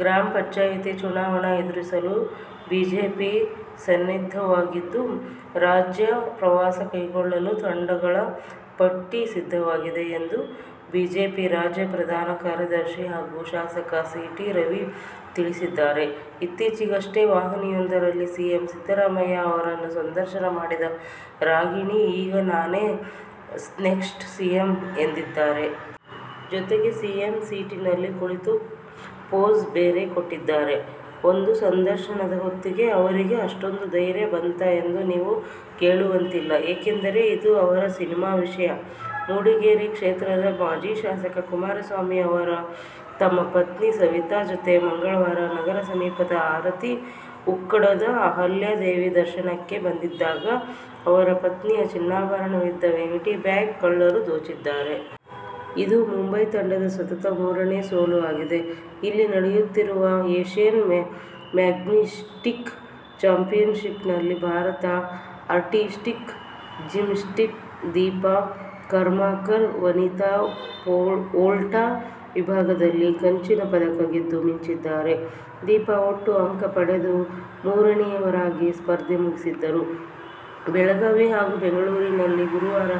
ಗ್ರಾಮ ಪಂಚಾಯಿತಿ ಚುನಾವಣೆ ಎದುರಿಸಲು ಬಿಜೆಪಿ ಸನ್ನದ್ಧವಾಗಿದ್ದು, ರಾಜ್ಯ ಪ್ರವಾಸ ಕೈಗೊಳ್ಳಲು ತಂಡಗಳ ಪಟ್ಟಿ ಸಿದ್ಧವಾಗಿದೆ ಎಂದು ಬಿಜೆಪಿ ರಾಜ್ಯ ಪ್ರಧಾನ ಕಾರ್ಯದರ್ಶಿ ಹಾಗೂ ಶಾಸಕ ಸಿ. ಟಿ. ರವಿ ತಿಳಿಸಿದ್ದಾರೆ. ಇತ್ತೀಚೆಗಷ್ಟೇ ವಾಹಿನಿಯೊಂದರಲ್ಲಿ ಸಿಎಂ ಸಿದ್ಧರಾಮಯ್ಯ ಅವರನ್ನು ಸಂದರ್ಶನ ಮಾಡಿದ ರಾಗಿಣಿ ಈಗ "ನಾನೇ ನೆಕ್ಸ್ಟ್ ಸಿಎಂ' ಎನ್ನುತ್ತಿದ್ದಾರೆ. ಜೊತೆಗೆ ಸಿಎಂ ಸೀಟಿನಲ್ಲಿ ಕುಳಿತು ಫೋಸ್ ಬೇರೆ ಕೊಟ್ಟಿದ್ದಾರೆ! ಒಂದು ಸಂದರ್ಶನದ ಹೊತ್ತಿಗೇ ಅವರಿಗೆ ಅಷ್ಟೊಂದು ಧೈರ್ಯ ಬಂತಾ ಎಂದು ನೀವು ಕೇಳುವಂತಿಲ್ಲ. ಏಕೆಂದರೆ, ಇದು ಅವರ ಸಿನಿಮಾ ವಿಷಯ. ಮೂಡಿಗೆರೆ ಕ್ಷೇತ್ರದ ಮಾಜಿ ಶಾಸಕ ಕುಮಾರಸ್ವಾಮಿ ಅವರು ತಮ್ಮ ಪತ್ನಿ ಸವಿತಾ ಜತೆ ಮಂಗಳವಾರ ನಗರ ಸಮೀಪದ ಆರತಿ ಉಕ್ಕಡದ ಅಲಹ್ಯ ದೇವಿ ದರ್ಶನಕ್ಕೆ ಬಂದಿದ್ದಾಗ ಅವರ ಪತ್ನಿಯ ಚಿನ್ನಾಭರಣವಿದ್ದ ವ್ಯಾನಿಟಿ ಬ್ಯಾಗ್ನ್ನು ಕಳ್ಳರು ದೋಚಿದ್ದಾರೆ. ಇದು ಮುಂಬೈ ತಂಡದ ಸತತ ಮೂರನೇ ಸೋಲು ಆಗಿದೆ. ಇಲ್ಲಿ ನಡೆಯುತ್ತಿರುವ ಏಶ್ಯನ್ ಜಿಮ್ನಾಸ್ಟಿಕ್ ಚಾಂಪಿಯನ್ಶಿಪ್ನಲ್ಲಿ ಭಾರತದ ಆರ್ಟಿಸ್ಟಿಕ್ ಜಿಮ್ನಾಸ್ಟ್ ದೀಪಾ ಕರ್ಮಾಕರ್ ವನಿತಾ ವೋಲ್ಟ್ ವಿಭಾಗದಲ್ಲಿ ಕಂಚಿನ ಪದಕ ಗೆದ್ದು ಮಿಂಚಿದ್ದಾರೆ. ದೀಪಾ ಒಟ್ಟು ಅಂಕ ಪಡೆದು ಮೂರನೆಯವರಾಗಿ ಸ್ಪರ್ಧೆ ಮುಗಿಸಿದರು. ಬೆಳಗಾವಿ ಹಾಗೂ ಬೆಂಗಳೂರಿನಲ್ಲಿ ಗುರುವಾರ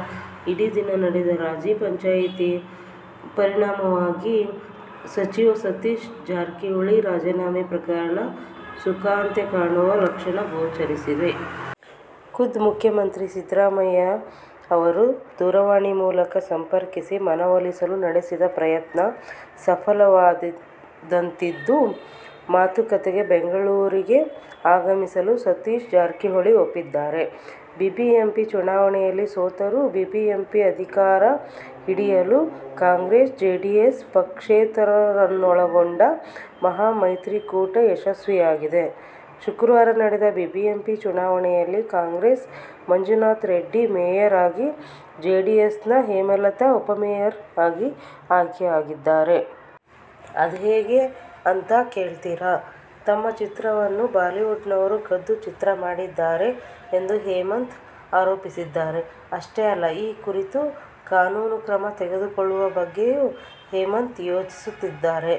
ಇಡೀ ದಿನ ನಡೆದ ರಾಜಿ-ಪಂಚಾಯ್ತಿಯ ಪರಿಣಾಮವಾಗಿ ಸಚಿವ ಸತೀಶ್ ಜಾರಕಿಹೊಳಿ ರಾಜೀನಾಮೆ ಪ್ರಕರಣ ಸುಖಾಂತ್ಯ ಕಾಣುವ ಲಕ್ಷಣ ಗೋಚರಿಸಿವೆ. ಖುದ್ದು ಮುಖ್ಯಮಂತ್ರಿ ಸಿದ್ದರಾಮಯ್ಯ ಅವರು ದೂರವಾಣಿ ಮೂಲಕ ಸಂಪರ್ಕಿಸಿ ಮನವೊಲಿಸಲು ನಡೆಸಿದ ಪ್ರಯತ್ನ ಸಫಲವಾದಂತಿದ್ದು, ಮಾತುಕತೆಗೆ ಬೆಂಗಳೂರಿಗೆ ಆಗಮಿಸಲು ಸತೀಶ್ ಜಾರಕಿಹೊಳಿ ಒಪ್ಪಿದ್ದಾರೆ. ಬಿಬಿಎಂಪಿ ಚುನಾವಣೆಯಲ್ಲಿ ಸೋತರೂ ಬಿಬಿಎಂಪಿ ಅಧಿಕಾರ ಹಿಡಿಯಲು ಕಾಂಗ್ರೆಸ್-ಜೆಡಿಎಸ್-ಪಕ್ಷೇತರರನ್ನೊಳಗೊಂಡ ಮಹಾ ಮೈತ್ರಿಕೂಟ ಯಶಸ್ವಿಯಾಗಿದೆ. ಶುಕ್ರವಾರ ನಡೆದ ಬಿಬಿಎಂಪಿ ಚುನಾ ವಣೆಯಲ್ಲಿ ಕಾಂಗ್ರೆಸ್ನ ಮಂಜುನಾಥ ರೆಡ್ಡಿ ಮೇಯರ್ ಆಗಿ, ಜೆಡಿಎಸ್ನ ಹೇಮಲತಾ ಉಪಮೇಯರ್ ಆಗಿ ಆಯ್ಕೆಯಾಗಿದ್ದಾರೆ. ಅದ್ಹೇಗೆ ಅಂತ ಕೇಳ್ತೀರಾ? ತಮ್ಮ ಚಿತ್ರವನ್ನು ಬಾಲಿವುಡ್ನವರು ಕದ್ದು ಚಿತ್ರ ಮಾಡಿದ್ದಾರೆ ಎಂದು ಹೇಮಂತ್ ಆರೋಪಿಸಿದ್ದಾರೆ. ಅಷ್ಟೇ ಅಲ್ಲ, ಈ ಕುರಿತು ಕಾನೂನು ಕ್ರಮ ತೆಗೆದುಕೊಳ್ಳುವ ಬಗ್ಗೆಯೂ ಹೇಮಂತ್ ಯೋಚಿಸುತ್ತಿದ್ದಾರಂತೆ.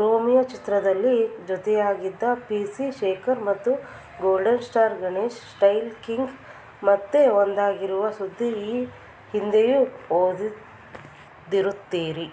ರೋಮಿಯೊ ಚಿತ್ರದಲ್ಲಿ ಜೊತೆಯಾಗಿದ್ದ ಪಿ. ಸಿ ಶೇಖರ್ ಮತ್ತು golden star Ganesh 'style king' ಮತ್ತೆ ಒಂದಾಗಿರುವ ಸುದ್ದಿ ಈ ಹಿಂದೆಯೇ ಓದಿರುತ್ತೀರಿ.